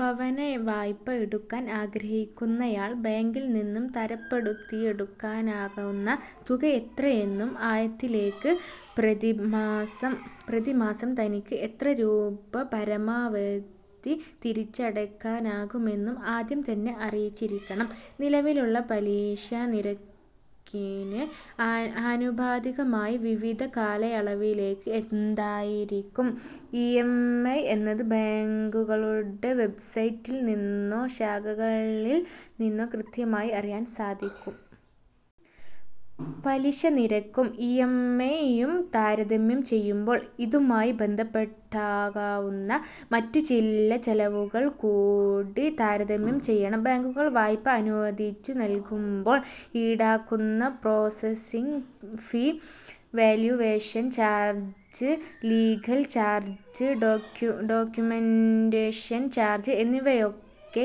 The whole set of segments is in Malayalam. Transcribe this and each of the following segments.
ഭവനവായ്പ എടുക്കാൻ ആഗ്രഹിക്കുന്നയാൾ ബാങ്കിൽനിന്നും തരപ്പെടുത്തിയെടുക്കാനാകുന്ന തുക എത്രയെന്നും ആയതിലേക്ക് പ്രതിമാസം തനിക്ക് എത്ര രൂപ പരമാവധി തിരിച്ചടയ്ക്കാനാകുമെന്നും ആദ്യം തന്നെ അറിഞ്ഞിരിക്കണം. നിലവിലുള്ള പലിശനിരക്കിന് ആനുപാതികമായി വിവിധ കാലയളവിലേക്ക് എന്തായിരിക്കും ഇ. എം. ഐ. എന്നത് ബാങ്കുകളുടെ വെബ്സൈറ്റിൽനിന്നോ ശാഖകളിൽനിന്നോ കൃത്യമായി അറിയാൻ സാധിക്കും. പലിശനിരക്കും ഇ. എം. ഐ. യും താരതമ്യം ചെയ്യുമ്പോൾ ഇതുമായി ബന്ധപ്പെട്ടുണ്ടാകാവുന്ന മറ്റുചില ചെലവുകൾകൂടി താരതമ്യം ചെയ്യണം. ബാങ്കുകൾ വായ്പ അനുവദിച്ചു നൽകുമ്പോൾ ഈടാക്കുന്ന processing fee, valuation charge, legal charge, documentation charge എന്നിവയൊക്കെ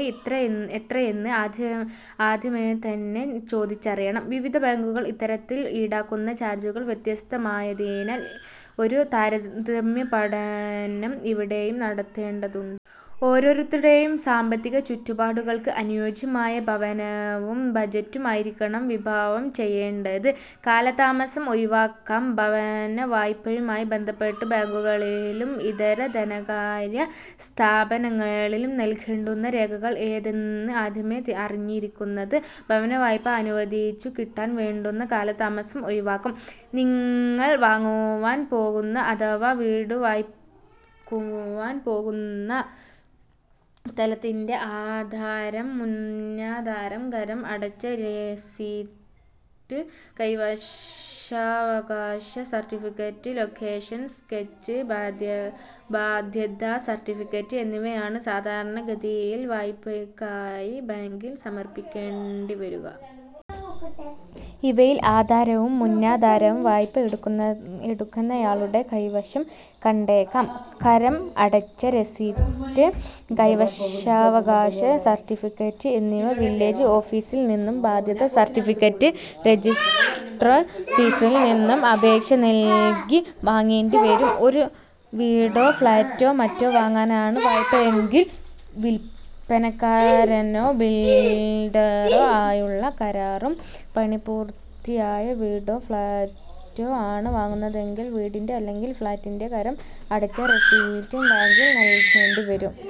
എത്രയെന്ന് ആദ്യമേതന്നെ ചോദിച്ചറിയണം. വിവിധ ബാങ്കുകൾ ഇത്തരത്തിൽ ഈടാക്കുന്ന ചാർജുകൾ വ്യത്യസ്തമായതിനാൽ ഒരു താരതമ്യപഠനം ഇവിടെയും നടത്തേണ്ടതുണ്ട്. ഓരോരുത്തരുടെയും സാമ്പത്തിക ചുറ്റുപാടുകൾക്ക് അനുയോജ്യമായ ഭവനവും ബജറ്റും ആയിരിക്കണം വിഭാവനം ചെയ്യേണ്ടത്. കാലതാമസം ഒഴിവാക്കാം ഭവനവായ്പയുമായി ബന്ധപ്പെട്ട് ബാങ്കുകളിലും ഇതര ധനകാര്യ സ്ഥാപനങ്ങളിലും നൽകേണ്ടുന്ന രേഖകൾ ഏതെന്ന് ആദ്യമേ അറിഞ്ഞിരിക്കുന്നത് ഭവനവായ്പ അനുവദിച്ചു കിട്ടാൻ വേണ്ടുന്ന കാലതാമസം ഒഴിവാക്കും. നിങ്ങൾ വാങ്ങുവാൻ പോകുന്ന അഥവാ വീടുവയ്ക്കുവാൻ പോകുന്ന സ്ഥലത്തിന്റെ ആധാരം, മുന്നാധാരം, കരം അടച്ച രസീത്, കൈവശാവകാശ സർട്ടിഫിക്കറ്റ്, ലൊക്കേഷൻ സ്കെച്ച്, ബാധ്യതാ സർട്ടിഫിക്കറ്റ് എന്നിവയാണ് സാധാരണ ഗതിയിൽ വായ്പയ്ക്കായി ബാങ്കിൽ സമർപ്പിക്കേണ്ടിവരിക. ഇവയിൽ ആധാരവും മുന്നാധാരവും വായ്പ എടുക്കുന്നയാളുടെ കൈവശം കണ്ടേക്കാം. കരം അടച്ച രസീത്, കൈവശാവകാശ സർട്ടിഫിക്കറ്റ് എന്നിവ വില്ലേജ് ഓഫീസിൽനിന്നും ബാധ്യത സർട്ടിഫിക്കറ്റ് രജിസ്ട്രാർ ഓഫീസിൽനിന്നും അപേക്ഷ നൽകി വാങ്ങേണ്ടി വരും. ഒരു വീടോ ഫ്ളാറ്റോ മറ്റോ വാങ്ങാനാണ് വായ്പയെങ്കിൽ വില്പനക്കാരനോ ബിൽഡറോ ആയുള്ള കരാറും പണിപൂർത്തിയായ വീടോ ഫ്ളാറ്റോ ആണ് വാങ്ങുന്നതെങ്കിൽ വീടിന്റെ അല്ലെങ്കിൽ ഫ്ളാറ്റിന്റെ കരം അടച്ച രസീതും ബാങ്കിൽ നൽകേണ്ടി വരും.